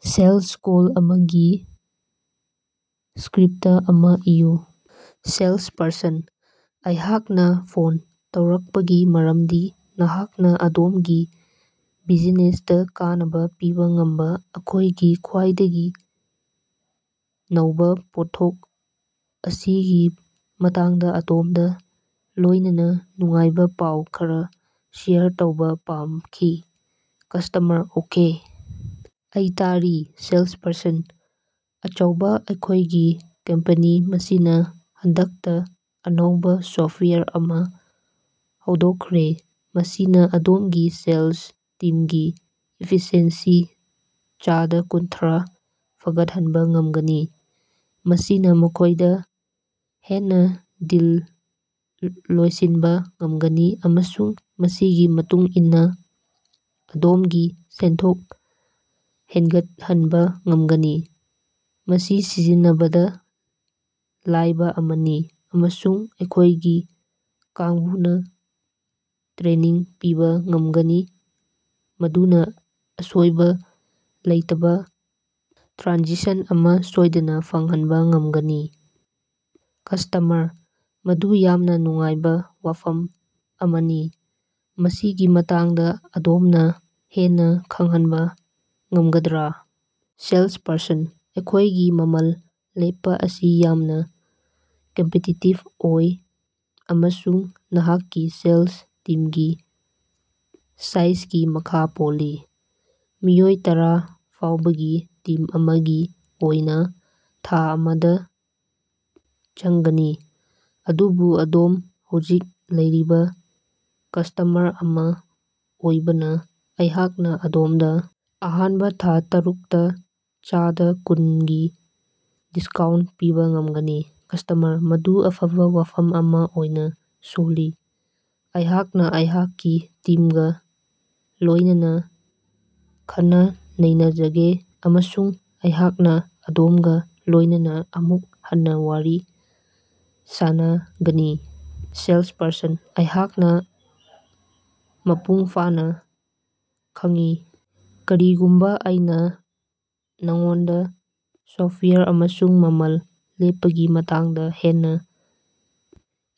Sales call ꯑꯃꯒꯤ script ꯑꯃꯥ ꯏꯌꯨ꯫ Salesperson: ꯑꯩꯍꯥꯛꯅꯥ ꯐꯣꯟ ꯇꯧꯔꯛꯄꯒꯤ ꯃꯔꯝꯗꯤ ꯑꯩꯍꯥꯛꯅꯥ ꯑꯗꯣꯝꯒꯤ ꯕꯤꯖꯤꯅꯦꯁꯇꯥ ꯀꯥꯟꯅꯕ ꯄꯤꯕ ꯉꯝꯕ ꯑꯩꯈꯣꯏꯒꯤ ꯈ꯭ꯋꯥꯏꯗꯒꯤ ꯅꯧꯕ ꯄꯣꯠꯊꯣꯛ ꯑꯁꯤꯒꯤ ꯃꯇꯥꯡꯗꯥ ꯑꯗꯣꯝꯒꯥ ꯂꯣꯏꯅꯅꯥ ꯅꯨꯡꯉꯥꯏꯕ ꯄꯥꯎ ꯈꯔꯥ ꯁꯦꯌꯔ ꯇꯧꯕ ꯄꯥꯝꯈꯤ꯫ ꯀꯁ꯭ꯇꯃꯔ: ꯑꯣꯀꯦ, ꯑꯩ ꯇꯥꯔꯤ꯫ ꯁꯦꯂꯁꯄꯥꯔꯁꯟ: ꯑꯆꯧꯕ ꯑꯩꯈꯣꯏꯒꯤ ꯀꯝꯄꯦꯅꯤ ꯑꯁꯤꯅꯥ ꯍꯟꯗꯛꯇꯥ ꯑꯅꯧꯕ ꯁꯣꯐꯋꯦꯌꯔ ꯑꯃꯥ ꯍꯧꯗꯣꯛꯈ꯭ꯔꯦ, ꯃꯁꯤꯅꯥ ꯑꯗꯣꯝꯒꯤ ꯁꯦꯂꯁ ꯇꯤꯝꯒꯤ ꯏꯐꯤꯁꯤꯑꯦꯟꯁꯤ ꯆꯥꯗ ꯀꯨꯟꯊꯔꯥ ꯐꯒꯠꯍꯟꯕ ꯉꯝꯒꯅꯤ꯫ ꯃꯁꯤꯅꯥ ꯃꯈꯣꯏꯗ ꯍꯦꯟꯅ ꯗꯤꯜ ꯂꯣꯏꯁꯤꯟꯕ ꯉꯝꯒꯅꯤ, ꯑꯃꯁꯨꯡ ꯃꯁꯤꯒꯤ ꯃꯇꯨꯡ ꯏꯟꯅꯥ, ꯑꯗꯣꯝꯒꯤ ꯁꯦꯟꯊꯣꯛ ꯍꯦꯟꯒꯠꯍꯟꯕ ꯉꯝꯒꯅꯤ꯫ ꯃꯁꯤ ꯁꯤꯖꯤꯟꯅꯕꯗ ꯂꯥꯏꯕ ꯑꯃꯅꯤ, ꯑꯃꯁꯨꯡ ꯑꯩꯈꯣꯏꯒꯤ ꯀꯥꯡꯕꯨꯅꯥ ꯇ꯭ꯔꯦꯅꯤꯡ ꯄꯤꯕ ꯉꯝꯒꯅꯤ ꯃꯗꯨꯅꯥ ꯑꯁꯣꯏꯕ ꯂꯩꯇꯕ ꯇ꯭ꯔꯥꯟꯁꯤꯁꯟ ꯑꯃꯥ ꯁꯣꯏꯗꯅ ꯐꯪꯍꯟꯕ ꯉꯝꯒꯅꯤ꯫ ꯀꯁ꯭ꯇꯃꯔ: ꯃꯗꯨ ꯌꯥꯝꯅ ꯅꯨꯡꯉꯥꯏꯕ ꯋꯥꯐꯝ ꯑꯃꯅꯤ꯫ ꯃꯁꯤꯒꯤ ꯃꯇꯥꯡꯗ ꯑꯗꯣꯝꯅꯥ ꯍꯦꯟꯅ ꯈꯪꯍꯟꯕ ꯉꯝꯒꯗ꯭ꯔꯥ? ꯁꯦꯜꯁꯄꯔꯁꯟ: ꯑꯩꯈꯣꯏꯒꯤ ꯃꯃꯜ ꯂꯦꯞꯄꯥ ꯑꯁꯤ ꯌꯥꯝꯅ ꯀꯝꯄꯤꯇꯤꯇꯤꯕ ꯑꯣꯏ ꯑꯃꯁꯨꯡ ꯅꯍꯥꯛꯀꯤ ꯁꯦꯂꯁ ꯇꯤꯝꯒꯤ ꯁꯥꯏꯖꯒꯤ ꯃꯈꯥ ꯄꯣꯜꯂꯤ꯫ ꯃꯤꯑꯣꯏ ꯇꯔꯥ ꯐꯥꯎꯕꯒꯤ ꯇꯤꯝ ꯑꯃꯒꯤ ꯑꯣꯏꯅꯥ ꯊꯥ ꯑꯃꯗꯥ ꯆꯪꯒꯅꯤ꯫ ꯑꯗꯨꯕꯨ, ꯑꯗꯣꯝ ꯍꯧꯖꯤꯛ ꯂꯩꯔꯤꯕ ꯀꯁ꯭ꯇꯃꯔ ꯑꯃꯥ ꯑꯣꯏꯕꯅ, ꯑꯩꯍꯥꯛꯅ ꯑꯗꯣꯝꯗꯥ ꯑꯍꯥꯟꯕ ꯊꯥ ꯇꯔꯨꯛꯇꯥ ꯆꯥꯗ ꯀꯨꯟꯒꯤ ꯗꯤꯁꯀꯥꯎꯟꯇ ꯄꯤꯕ ꯉꯝꯒꯅꯤ꯫ ꯀꯁ꯭ꯇꯃꯔ: ꯃꯗꯨ ꯑꯐꯕ ꯋꯥꯐꯝ ꯑꯃꯥ ꯑꯣꯏꯅ ꯁꯣꯜꯂꯤ꯫ ꯑꯩꯍꯥꯛꯅ ꯑꯩꯍꯥꯛꯀꯤ ꯇꯤꯝꯒꯥ ꯂꯣꯏꯅꯅꯥ ꯈꯟꯅ-ꯅꯩꯅꯖꯒꯦ, ꯑꯃꯁꯨꯡ ꯑꯩꯍꯥꯛꯅ ꯑꯗꯣꯝꯒꯥ ꯂꯣꯏꯅꯅꯥ ꯑꯃꯨꯛ ꯍꯟꯅꯥ ꯋꯥꯔꯤ ꯁꯥꯟꯅꯒꯅꯤ꯫ ꯁꯦꯂꯁꯄꯥꯔꯁꯟ: ꯑꯩꯍꯥꯛꯅꯥ ꯃꯄꯨꯡ ꯐꯥꯅꯥ ꯈꯪꯏ꯫ ꯀꯔꯤꯒꯨꯝꯕ ꯑꯩꯅꯥ ꯅꯉꯣꯟꯗꯥ ꯁꯣꯐꯇꯋꯥꯌꯔ ꯑꯃꯁꯨꯡ ꯃꯃꯜ ꯂꯦꯞꯄꯒꯤ ꯃꯇꯥꯡꯗꯥ ꯍꯦꯟꯅꯥ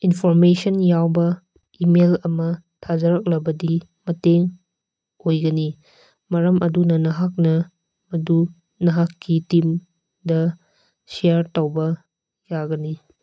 ꯏꯅꯐꯣꯔꯃꯦꯁꯟ ꯌꯥꯎꯕ ꯏꯃꯦꯏꯜ ꯑꯃꯥ ꯊꯥꯔꯛꯂꯕꯗꯤ ꯃꯇꯦꯡ ꯑꯣꯏꯒꯅꯤ, ꯃꯔꯝ ꯑꯗꯨꯅꯥ ꯅꯍꯥꯛꯅꯥ ꯃꯗꯨ ꯅꯍꯥꯛꯀꯤ ꯇꯤꯝꯗꯥ ꯁꯦꯌꯔ ꯇꯧꯕ ꯌꯥꯒꯅꯤ꯫